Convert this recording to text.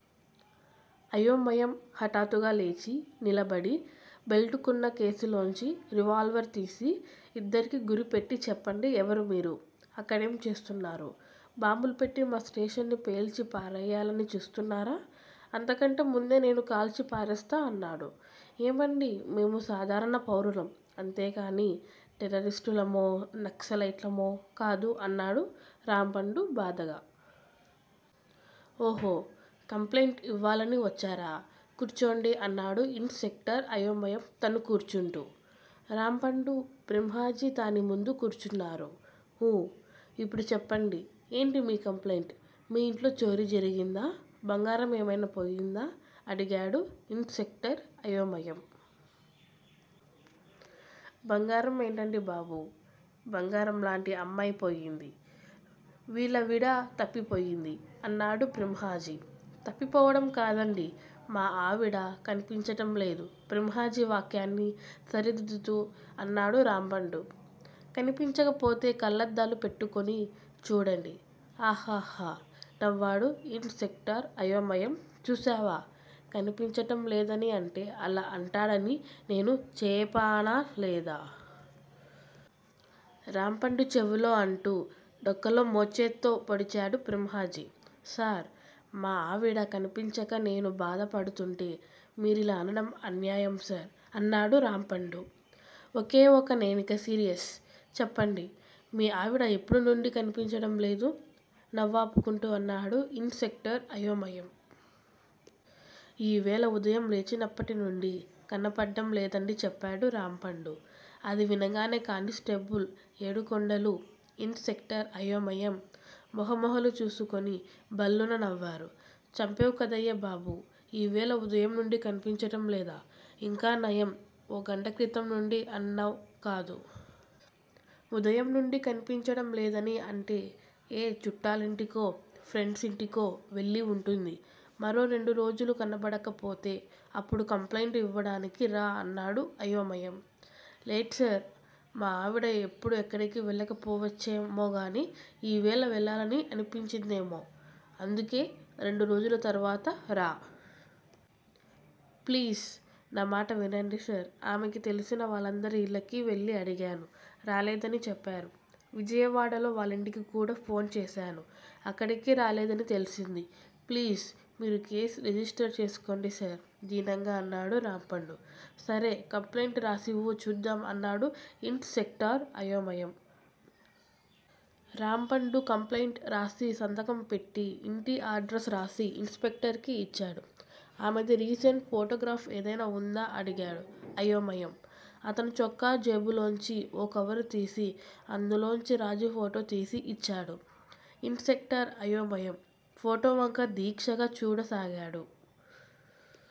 అయోమయం హాఠాత్తుగా లేచి నిలబడి బెల్టుకున్న కేసులోంచి రివాల్వర్ తీసి ఇద్దరకీ గురిపెట్టి చెప్పండి ఎవరు మీరు? అక్కడేం చేస్తున్నారు? బాంబులు పెట్టి మా స్టేషన్ని పేల్చి పారేయ్యాలని చూస్తున్నారా? అంతకంటే ముందే నేను కాల్చి పారేస్తా అన్నాడు. ఏమండీ మేము సాధారణ పౌరులం అంతేకానీ టెర్రరిస్టులమో, నక్సలైట్లమో కాదు అన్నాడు రాంపండు బాధగా. ఓహొ కంప్లైంట్ యివ్వాలని వచ్చారా? కూర్చోండి అన్నాడు ఇన్స్ సెక్టార్ అయోమయం తను కూర్చుంటూ. రాంపండు, బ్రహ్మాజీ తాని ముందు కూర్చ్గున్నారు. ఊ ఇప్పుడు చెప్పండి ఏంటి మీ కంప్లైంట్? మీ ఇంట్లో చోరీ జరిగిందా? బంగారం ఏమైనా పోయిందా? అడిగాడు ఇన్స్ సెక్టార్ అయోమయం. బంగారం ఏంటండీ బాబూ! బంగారంలాంటి అమ్మాయ్ పోయింది. వీళ్ళా విడ తప్పిపోయింది అన్నాడు బ్రహ్మాజీ. తప్పిపోవడం కాదండీ! మా ఆవిడా కనిపించటంలేదు బ్రహ్మాజీ వాక్యాన్ని సరిదిద్దుతూ అన్నాడు రాంపండు. కనిపించకపోతే కళ్ళద్దాలు పెట్టుకుని చూడండి. హహహ నవ్వాడు ఇన్స్ సెక్టార్ అయోమయం చూశావా! కనిపించటం లేదని అంటే అలా అంటాడని నేను చేపానా లేదా? రాంపండు చెవిలో అంటూ డొక్కలో మోచేత్తో పొడిచాడు బ్రహ్మాజీ. సార్! మా ఆవిడ కనిపించక నేను బాధ పడుతుంటే మీరిలా అనడం అన్యాయం సార్ అన్నాడు రాంపండు. ఒక్కే ఒక్కే నేనిక సీరియస్! చెప్పండి మీ ఆవిడా ఎప్పుడు నుండి కనిపించడంలేదు? నవ్వాపుకుంటూ అన్నాడు ఇన్స్ సెక్టార్ అయోమయం. ఈ వేళ ఉదయం లేచినప్పటినుండీ కనపడ్డంలేదండీ చెప్పాడు రాంపండు. అది వినగానే కాని స్టేబుల్ ఏడుకొండలూ, ఇన్స్ సెక్టార్ అయోమయం మోహమోహాలు చూసుకుని భళ్ళున నవ్వారు. చంపేవ్ కదయ్యా బాబూ! ఈ వేళ ఉదయం నుండి కనిపించటంలేదా? ఇంకానయం. ఓ గంట క్రితం నుండి అన్నావ్ కాదు. ఉదయం నుండీ కనిపించడం లేదని అంటే ఏ చూట్టాలింటికో, ప్రెండ్స్ యింటికో వెళ్ళి వుంటుంది. మరో రెండురోజులు కనబడకపోతే అప్పుడు కంప్లైంటు యివ్వడానికి రా అన్నాడు అయోమయం. లేద్సార్! మా ఆవిడ ఎప్పుడు ఎక్కడికీ వెళ్ళకపోవచ్చేమోగానీ ఈ వేళ వెళ్ళాలని అనిపించిందేమో. అందుకే రెండు రోజుల తర్వాత రా. ప్లీజ్! న మాట వినండి సార్! ఆమెకి తెలిసిన వాళ్ళందరి ఇళ్ళకి వెళ్ళి అడిగాను. రాలేదని చెప్పారు. విజయవాడలో వాళ్ళింటికి కూడా ఫోన్ చేశాను. అక్కడకీ రాలేదని తెల్సింది. ప్లీజ్! మీరు కేస్ రిజిస్టర్ చేసుకోండి సార్ దీనంగా అన్నాడు రాంపండు. సరే! కంప్లెయింట్ రాసివ్వు చూద్దాం అన్నాడు ఇన్స్ సెక్టార్ అయోమయం. రాంపండు కంప్లైంట్ రాసి సంతకం పెట్టి ఇంటి ఆడ్రస్ రాసి ఇన్ స్పెక్టర్ కి యిచ్చాడు. ఆమెది రీ సెంట్ ఫోటోగ్రాఫ్ ఏదైనా వుందా? అడిగాడు అయోమయం. అతను చొక్కా జేబులోంచి ఓ కవరు తీసి అందులోంచి రాజీ ఫోటోతీసి యిచ్చాడు. ఇన్స్ సెక్టార్ అయోమయం ఫోటోవంక దీక్షగా చూడసాగాడు.